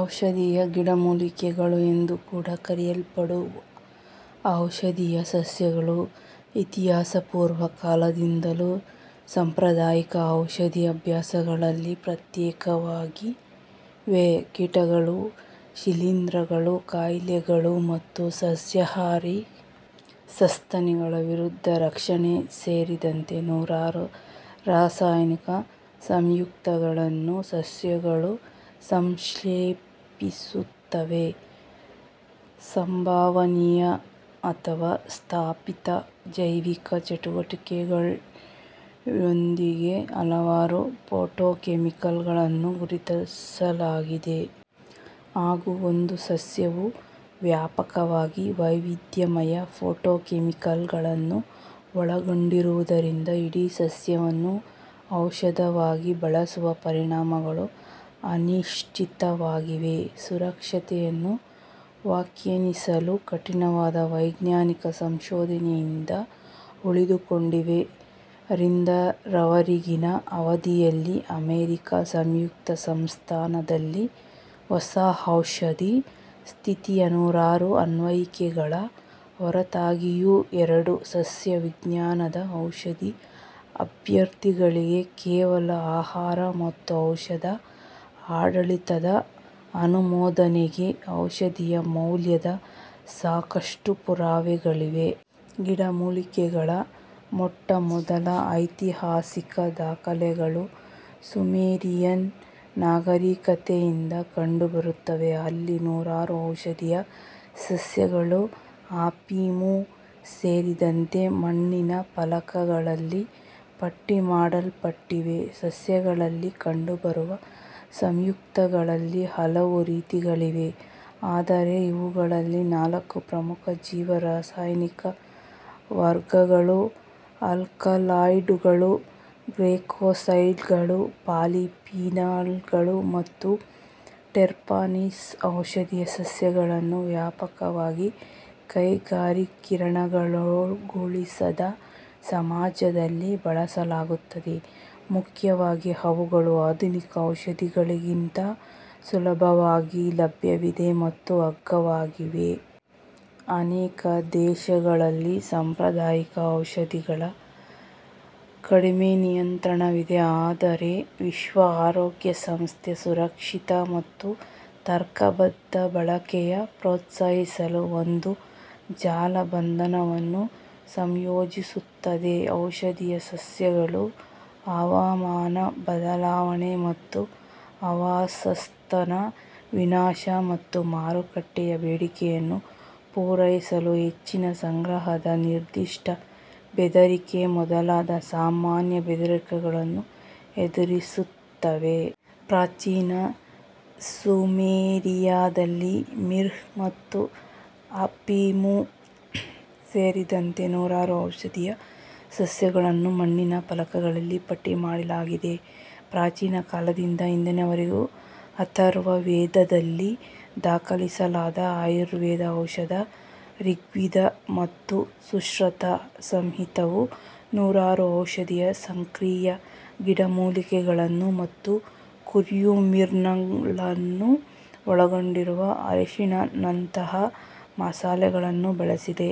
ಔಷಧೀಯ ಗಿಡಮೂಲಿಕೆಗಳು ಎಂದು ಕೂಡ ಕರೆಯಲ್ಪಡುವ ಔಷಧೀಯ ಸಸ್ಯಗಳು ಇತಿಹಾಸಪೂರ್ವ ಕಾಲದಿಂದಲೂ ಸಾಂಪ್ರದಾಯಿಕ ಔಷಧಿ ಅಭ್ಯಾಸಗಳಲ್ಲಿ ಪತ್ತೆಯಾಗಿವೆ. ಕೀಟಗಳು, ಶಿಲೀಂಧ್ರಗಳು, ಕಾಯಿಲೆಗಳು ಮತ್ತು ಸಸ್ಯಾಹಾರಿ ಸಸ್ತನಿಗಳ ವಿರುದ್ಧ ರಕ್ಷಣೆ ಸೇರಿದಂತೆ ನೂರಾರು ರಾಸಾಯನಿಕ ಸಂಯುಕ್ತಗಳನ್ನು ಸಸ್ಯಗಳು ಸಂಶ್ಲೇಷಿಸುತ್ತವೆ. ಸಂಭವನೀಯ ಅಥವಾ ಸ್ಥಾಪಿತ ಜೈವಿಕ ಚಟುವಟಿಕೆಯೊಂದಿಗೆ ಹಲವಾರು ಫೈಟೊಕೆಮಿಕಲ್ಗಳನ್ನು ಗುರುತಿಸಲಾಗಿದೆ. ಹಾಗೂ, ಒಂದು ಸಸ್ಯವು ವ್ಯಾಪಕವಾಗಿ ವೈವಿಧ್ಯಮಯ ಫೈಟೋಕೆಮಿಕಲ್ಗಳನ್ನು ಒಳಗೊಂಡಿರುವುದರಿಂದ, ಇಡೀ ಸಸ್ಯವನ್ನು ಔಷಧವಾಗಿ ಬಳಸುವ ಪರಿಣಾಮಗಳು ಅನಿಶ್ಚಿತವಾಗಿವೆ. ಸುರಕ್ಷತೆಯನ್ನು ವ್ಯಾಖ್ಯಾನಿಸಲು ಕಠಿಣವಾದ ವೈಜ್ಞಾನಿಕ ಸಂಶೋಧನೆಯಿಂದ ಉಳಿದುಕೊಂಡಿವೆ. ರಿಂದ ರವರೆಗಿನ ಅವಧಿಯಲ್ಲಿ ಅಮೆರಿಕಾ ಸಂಯುಕ್ತ ಸಂಸ್ಥಾನದಲ್ಲಿ ಹೊಸ ಔಷಧಿ ಸ್ಥಿತಿಯ ನೂರಾರು ಅನ್ವಯಿಕೆಗಳ ಹೊರತಾಗಿಯೂ ಎರಡು ಸಸ್ಯವಿಜ್ಞಾನದ ಔಷಧಿ ಅಭ್ಯರ್ಥಿಗಳಿಗೆ ಕೇವಲ ಆಹಾರ ಮತ್ತು ಔಷಧ ಆಡಳಿತದ ಅನುಮೋದನೆಗೆ ಔಷಧೀಯ ಮೌಲ್ಯದ ಸಾಕಷ್ಟು ಪುರಾವೆಗಳಿವೆ. ಗಿಡಮೂಲಿಕೆಗಳ ಮೊಟ್ಟಮೊದಲ ಐತಿಹಾಸಿಕ ದಾಖಲೆಗಳು ಸುಮೆರಿಯನ್ ನಾಗರೀಕತೆಯಿಂದ ಕಂಡುಬರುತ್ತವೆ. ಅಲ್ಲಿ ನೂರಾರು ಔಷಧೀಯ ಸಸ್ಯಗಳು ಅಫೀಮು ಸೇರಿದಂತೆ ಮಣ್ಣಿನ ಫಲಕಗಳಲ್ಲಿ ಪಟ್ಟಿಮಾಡಲ್ಪಟ್ಟಿವೆ. ಸಸ್ಯಗಳಲ್ಲಿ ಕಂಡುಬರುವ ಸಂಯುಕ್ತಗಳಲ್ಲಿ ಹಲವು ರೀತಿಗಳಿವೆ, ಆದರೆ ಇವುಗಳಲ್ಲಿ ನಾಲ್ಕು ಪ್ರಮುಖ ಜೀವರಾಸಾಯನಿಕ ವರ್ಗಗಳು ಅಲ್ಕಲಾಯ್ಡ್ಗಳು, ಗ್ಲೈಕೋಸೈಡ್ಗಳು, ಪಾಲಿಫಿನಾಲ್ಗಳು ಮತ್ತು ಟೆರ್ಪನೀಸ್. ಔಷಧೀಯ ಸಸ್ಯಗಳನ್ನು ವ್ಯಾಪಕವಾಗಿ ಕೈಗಾರಿಕೀಕರಣಗೊಳಿಸದ ಸಮಾಜಗಳಲ್ಲಿ ಬಳಸಲಾಗುತ್ತದೆ, ಮುಖ್ಯವಾಗಿ ಅವುಗಳು ಆಧುನಿಕ ಔಷಧಿಗಳಿಗಿಂತ ಸುಲಭವಾಗಿ ಲಭ್ಯವಿವೆ ಮತ್ತು ಅಗ್ಗವಾಗಿವೆ. ಅನೇಕ ದೇಶಗಳಲ್ಲಿ, ಸಾಂಪ್ರದಾಯಿಕ ಔಷಧಿಗಳ ಕಡಿಮೆ ನಿಯಂತ್ರಣವಿದೆ, ಆದರೆ ವಿಶ್ವ ಆರೋಗ್ಯ ಸಂಸ್ಥೆ ಸುರಕ್ಷಿತ ಮತ್ತು ತರ್ಕಬದ್ಧ ಬಳಕೆಗೆ ಪ್ರೋತ್ಸಾಹಿಸಲು ಒಂದು ಜಾಲಬಂಧವನ್ನು ಸಂಯೋಜಿಸುತ್ತದೆ. ಔಷಧೀಯ ಸಸ್ಯಗಳು ಹವಾಮಾನ ಬದಲಾವಣೆ ಮತ್ತು ಆವಾಸಸ್ಥಾನ ವಿನಾಶ, ಮತ್ತು ಮಾರುಕಟ್ಟೆಯ ಬೇಡಿಕೆಯನ್ನು ಪೂರೈಸಲು ಹೆಚ್ಚಿನ ಸಂಗ್ರಹದ ನಿರ್ದಿಷ್ಟ ಬೆದರಿಕೆ ಮೊದಲಾದ ಸಾಮಾನ್ಯ ಬೆದರಿಕೆಗಳನ್ನು ಎದುರಿಸುತ್ತವೆ. ಪ್ರಾಚೀನ ಸುಮೇರಿಯಾದಲ್ಲಿ, ಮಿರ್ಹ್ ಮತ್ತು ಅಫೀಮು ಸೇರಿದಂತೆ ನೂರಾರು ಔಷಧೀಯ ಸಸ್ಯಗಳನ್ನು ಮಣ್ಣಿನ ಫಲಕಗಳಲ್ಲಿ ಪಟ್ಟಿಮಾಡಲಾಗಿದೆ. ಪ್ರಾಚೀನ ಕಾಲದಿಂದ ಇಂದಿನವರೆಗೂ ಅಥರ್ವ ವೇದದಲ್ಲಿ ದಾಖಲಿಸಲಾದ ಆಯುರ್ವೇದ ಔಷಧ, ರಿಗ್ವೇದ ಮತ್ತು ಸುಶ್ರುತ ಸಂಹಿತವು ನೂರಾರು ಔಷಧೀಯ ಸಕ್ರಿಯ ಗಿಡಮೂಲಿಕೆಗಳನ್ನು ಮತ್ತು ಕರ್ಕ್ಯುಮಿನ್ಗಳನ್ನು ಒಳಗೊಂಡಿರುವ ಅರಿಶಿನಂತಹ ಮಸಾಲೆಗಳನ್ನು ಬಳಸಿದೆ.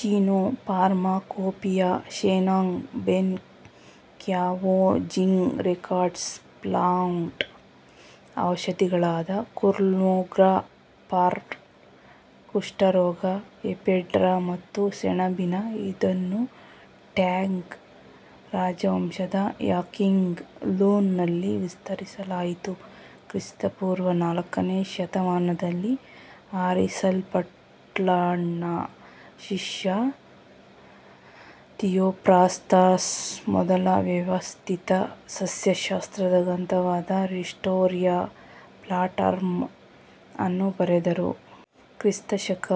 ಚೀನೊ pharmacopoeia, Shennong Ben Cao Jing records plant ಔಷಧಿಗಳಾದ ಕುಲ್ಮೋಗ್ರ ಫಾರ್ ಕುಷ್ಠರೋಗ, ಎಫೆಡ್ರಾ ಮತ್ತು ಸೆಣಬಿನ. ಇದನ್ನು ಟ್ಯಾಂಗ್ ರಾಜವಂಶದ ಯಾಕ್ಸಿಂಗ್ ಲುನ್ ನಲ್ಲಿ ವಿಸ್ತರಿಸಲಾಯಿತು. ಕ್ರಿ. ಪೂ. ನಾಲ್ಕನೇ ಶತಮಾನದಲ್ಲಿ, ಅರಿಸ್ಟಾಟಲ್ನ ಶಿಷ್ಯ ಥಿಯೋಫ್ರಾಸ್ಟಸ್ ಮೊದಲ ವ್ಯವಸ್ಥಿತ ಸಸ್ಯಶಾಸ್ತ್ರದ ಗ್ರಂಥವಾದ ಹಿಸ್ಟೊರಿಯಾ ಪ್ಲಾಟರಮ್ ಅನ್ನು ಬರೆದರು. ಕ್ರಿಸ್ತ ಶಕ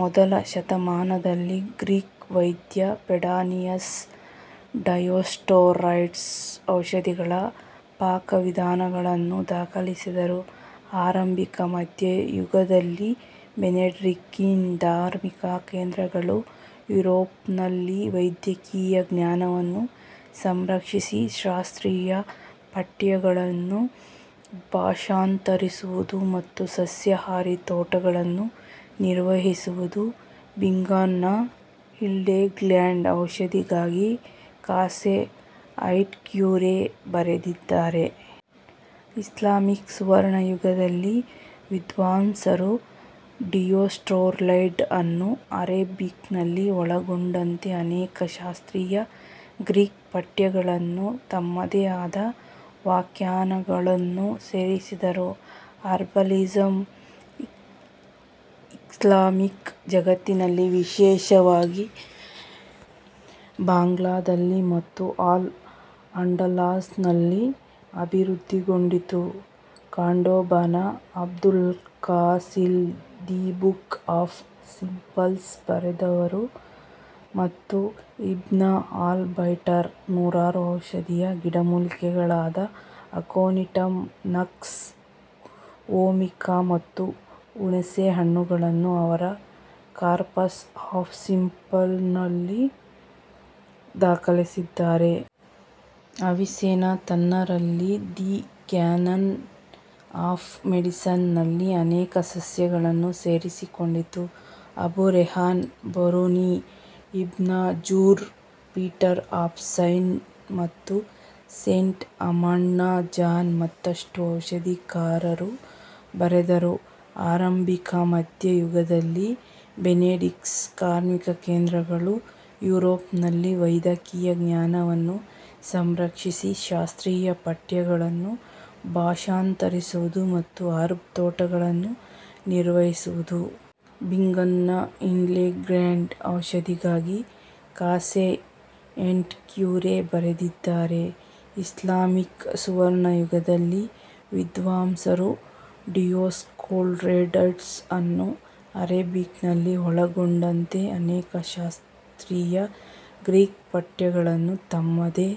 ಮೊದಲ ಶತಮಾನದಲ್ಲಿ, ಗ್ರೀಕ್ ವೈದ್ಯ ಪೆಡಾನಿಯಸ್ ಡಯೋಸ್ಕೋರೈಡ್ಸ್ ಔಷಧಿಗಳ ಪಾಕವಿಧಾನಗಳನ್ನು ದಾಖಲಿಸಿದರು. ಆರಂಭಿಕ ಮಧ್ಯ ಯುಗದಲ್ಲಿ, ಬೆನೆಡಿಕ್ಟೀನ್ ಧಾರ್ಮಿಕ ಕೇಂದ್ರಗಳು ಯುರೋಪ್ನಲ್ಲಿ ವೈದ್ಯಕೀಯ ಜ್ಞಾನವನ್ನು ಸಂರಕ್ಷಿಸಿ, ಶಾಸ್ತ್ರೀಯ ಪಠ್ಯಗಳನ್ನು ಭಾಷಾಂತರಿಸುವುದು ಮತ್ತು ಸಸ್ಯಹಾರಿ ತೋಟಗಳನ್ನು ನಿರ್ವಹಿಸುವುದು. ಬಿಂಗನ್ನ ಹಿಲ್ಡೆಗ್ಯಾರ್ಡ್ ಔಷಧಿಗಾಗಿ ಕಾಸೇ ಎಟ್ ಕ್ಯುರೆ ಬರೆದಿದ್ದಾರೆ. ಇಸ್ಲಾಮಿಕ್ ಸುವರ್ಣ ಯುಗದಲ್ಲಿ, ವಿದ್ವಾಂಸರು ಡಿಯೋಸ್ಕೋರೈಡ್ಸ್ಅನ್ನು ಅರೆಬಿಕ್ನಲ್ಲಿ ಒಳಗೊಂಡಂತೆ ಅನೇಕ ಶಾಸ್ತ್ರೀಯ ಗ್ರೀಕ್ ಪಠ್ಯಗಳನ್ನು ತಮ್ಮದೇ ಆದ ವ್ಯಾಖ್ಯಾನಗಳನ್ನು ಸೇರಿಸಿದರು. ಹರ್ಬಲಿಸಮ್ ಇಸ್ಲಾಮಿಕ್ ಜಗತ್ತಿನಲ್ಲಿ ವಿಶೇಷವಾಗಿ ಬಾಗ್ದಾದ್ನಲ್ಲಿ ಮತ್ತು ಅಲ್-ಅಂಡಲಸ್ನಲ್ಲಿ ಅಭಿವೃದ್ಧಿಗೊಂಡಿತು. ಕಾರ್ಡೊಬದ Abulcasis the book of simples ಬರೆದರು ಮತ್ತು ಇಬ್ನ್ ಅಲ್-ಬೈಟರ್ ನೂರಾರು ಔಷಧೀಯ ಗಿಡಮೂಲಿಕೆಗಳಾದ ಅಕೊನಿಟಮ್, ನಕ್ಸ್ ವೊಮಿಕಾ ಮತ್ತು ಹುಣಿಸೆಹಣ್ಣುಗಳನ್ನು ಅವರ ಕಾರ್ಪಸ್ ಆಫ್ ಸಿಂಪಲ್ನಲ್ಲಿ ದಾಖಲಿಸಿದ್ದಾರೆ. ಅವಿಸೆನ್ನಾ ತನ್ನ ರಲ್ಲಿ ದಿ ಕ್ಯಾನನ್ ಆಫ್ ಮೆಡಿಸಿನ್ ನಲ್ಲಿ ಅನೇಕ ಸಸ್ಯಗಳನ್ನು ಸೇರಿಸಿಕೊಂಡಿತು. Abu Rayhan Biruni, Ibn Zuhr, Peter of Spain, ಮತ್ತು ಸೇಂಟ್ ಅಮಂಡ್ನ ಜಾನ್ ಮತ್ತಷ್ಟು ಔಷಧಿಕಾರರು ಬರೆದರು. ಆರಂಭಿಕ ಮಧ್ಯ ಯುಗದಲ್ಲಿ, ಬೆನೆಡಿಕ್ಟೀನ್ ಧಾರ್ಮಿಕ ಕೇಂದ್ರಗಳು ಯುರೋಪ್ನಲ್ಲಿ ವೈದ್ಯಕೀಯ ಜ್ಞಾನವನ್ನು ಸಂರಕ್ಷಿಸಿ, ಶಾಸ್ತ್ರೀಯ ಪಠ್ಯಗಳನ್ನು ಭಾಷಾಂತರಿಸುವುದು ಮತ್ತು ಹರ್ಬ್ ತೋಟಗಳನ್ನು ನಿರ್ವಹಿಸುವುದು. ಬಿಂಗನ್ನ ಹಿಲ್ಡೆಗ್ಯಾರ್ಡ್ ಔಷಧಿಗಾಗಿ ಕಾಸೇ ಎಟ್ ಕ್ಯುರೆ ಬರೆದಿದ್ದಾರೆ. ಇಸ್ಲಾಮಿಕ್ ಸುವರ್ಣ ಯುಗದಲ್ಲಿ, ವಿದ್ವಾಂಸರು ಡಿಯೋಸ್ಕೋರೈಡ್ಸ್ಅನ್ನು ಅರೆಬಿಕ್ನಲ್ಲಿ ಒಳಗೊಂಡಂತೆ ಅನೇಕ ಶಾಸ್ತ್ರೀಯ ಗ್ರೀಕ್ ಪಠ್ಯಗಳನ್ನು ತಮ್ಮದೇ